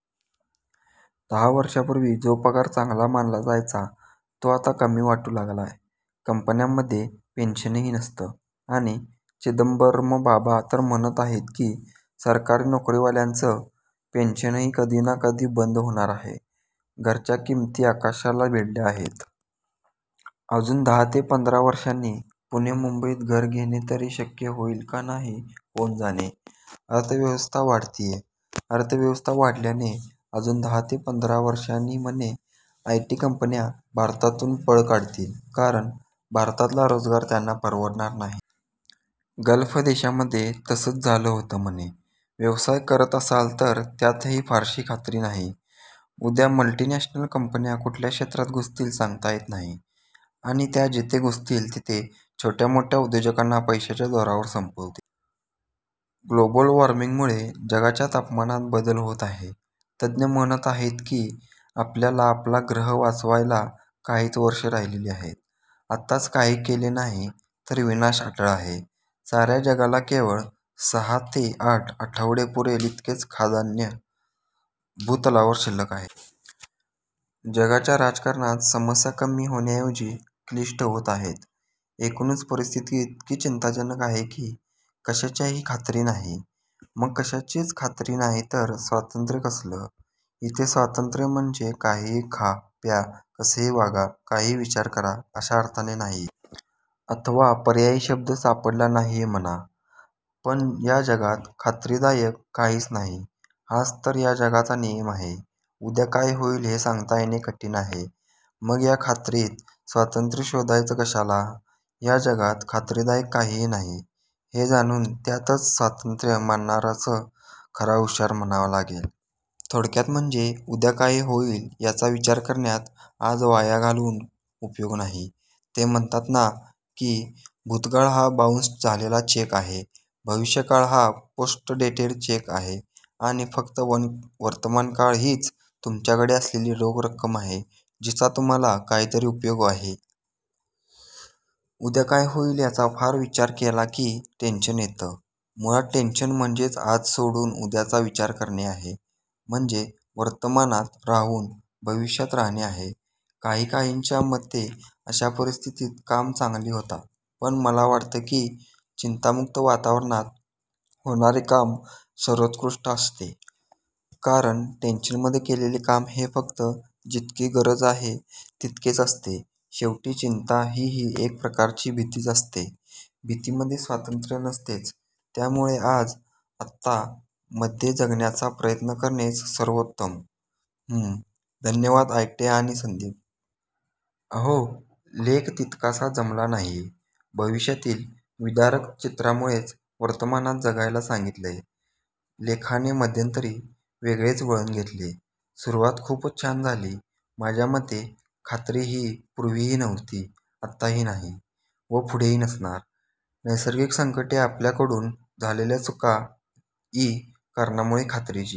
दहा वर्षापूर्वी जो पगार चांगला मानला जायचा तो आता कमी वाटू लागलाय. कंपन्यांमध्ये पेन्शनही नसतं. आणि चिदंबरमबाबा तर म्हणत आहेत की सरकारी नोकरीवाल्यांचं पेन्शनही कधी ना कधी बंद होणार आहे. घराच्या किमती आकाशाला भिडल्या आहेत. अजून दहा ते पंधरा वर्षांनी पुणे मुंबईत घर घेणे तरी शक्य होईल का नाही कोण जाणे. अर्थव्यवस्था वाढतेय. अर्थव्यवस्था वाढल्याने अजून दहा ते पंधरा वर्षांनी म्हणे आयटी कंपन्या भारतातून पळ काढतील कारण भारतातला रोजगार त्यांना परवडणार नाही. गल्फ देशांमध्ये तसंच झालं होतं म्हणे. व्यवसाय करत असाल तर त्यातही फारशी खात्री नाही. उद्या मल्टीनॅशनल कंपन्या कुठल्या क्षेत्रात घुसतील सांगता येत नाही. आणि त्या जिथे घुसतील तिथे छोट्या मोठ्या उद्योजकांना पैशाच्या जोरावर संपवतील. ग्लोबल वॉर्मिंगमुळे जगाच्या तापमानात बदल होत आहे. तज्ञ म्हणत आहेत की आपल्याला आपला ग्रह वाचवायला काहीच वर्षे राहिलेली आहेत. आत्ताच काही केले नाही तर विनाश अटळ आहे. साऱ्या जगाला केवळ सहा ते आठ आठवडे पुरेल इतकेच खाद्यान्न भूतलावर शिल्लक आहे. जगाच्या राजकारणात समस्या कमी होण्याऐवजी क्लिष्ट होत आहेत. एकूणच परिस्थिती इतकी चिंताजनक आहे की कशाचीही खात्री नाही. मग कशाचीच खात्री नाही तर स्वातंत्र्य कसलं? इथे स्वातंत्र्य म्हणजे काहीही खा प्या, कसेही वागा, काहीही विचार करा अशा अर्थाने नाहीये. अथवा पर्यायी शब्द सापडला नाहीये म्हणा. पण या जगात खात्रीदायक काहीच नाही हाच तर या जगाचा नियम आहे. उद्या काय होईल हे सांगता येणे कठीण आहे. मग या खात्रीत स्वातंत्र्य शोधायचं कशाला? या जगात खात्रीदायक काहीही नाही, हे जाणून त्यातच स्वातंत्र्य मानणाराच खरा हुशार म्हणावा लागेल. थोडक्यात म्हणजे उद्या काय होईल याचा विचार करण्यात आज वाया घालवून उपयोग नाही. ते म्हणतात ना की 'भूतकाळ हा बाउंस झालेला चेक आहे, भविष्यकाळ हा पोस्टडेटेड चेक आहे आणि फक्त वर्तमानकाळ हीच तुमच्याकडे असलेली रोख रक्कम आहे जिचा तुम्हाला काहीतरी उपयोग आहे'. उद्या काय होईल याचा फार विचार केला की टेन्शन येतं. मुळात टेन्शन म्हणजेच आज सोडून उद्याचा विचार करणे आहे. म्हणजे वर्तमानात राहून भविष्यात राहणे आहे. काहीकाहींच्या मते अशा परिस्थितीत कामं चांगली होतात पण मला वाटतं की चिंतामुक्त वातावरणात होणारे काम सर्वोत्कृष्ट असते. कारण टेन्शनमध्ये केलेले काम हे फक्त जितकी गरज आहे तितकेच असते. शेवटी चिंता हीही एक प्रकारची भीतीच असते. भीतीमध्ये स्वातंत्र्य नसतेच. त्यामुळे आज, आत्ता मध्ये जगण्याचा प्रयत्न करणेच सर्वोत्तम. हम्म धन्यवाद आयटे आणि संदीप. अहो लेख तितकासा जमला नाहीये भविष्यातील विदारक चित्रामुळेच वर्तमानात जगायला सांगितलंय. लेखाने मध्यंतरी वेगळेच वळण घेतले. सुरुवात खूपच छान झाली. माझ्या मते खात्री ही पूर्वीही नव्हती आताही नाही व पुढेही नसणार. नैसर्गिक संकटे, आपल्याकडून झालेल्या चुका इ. कारणांमुळे खात्रीची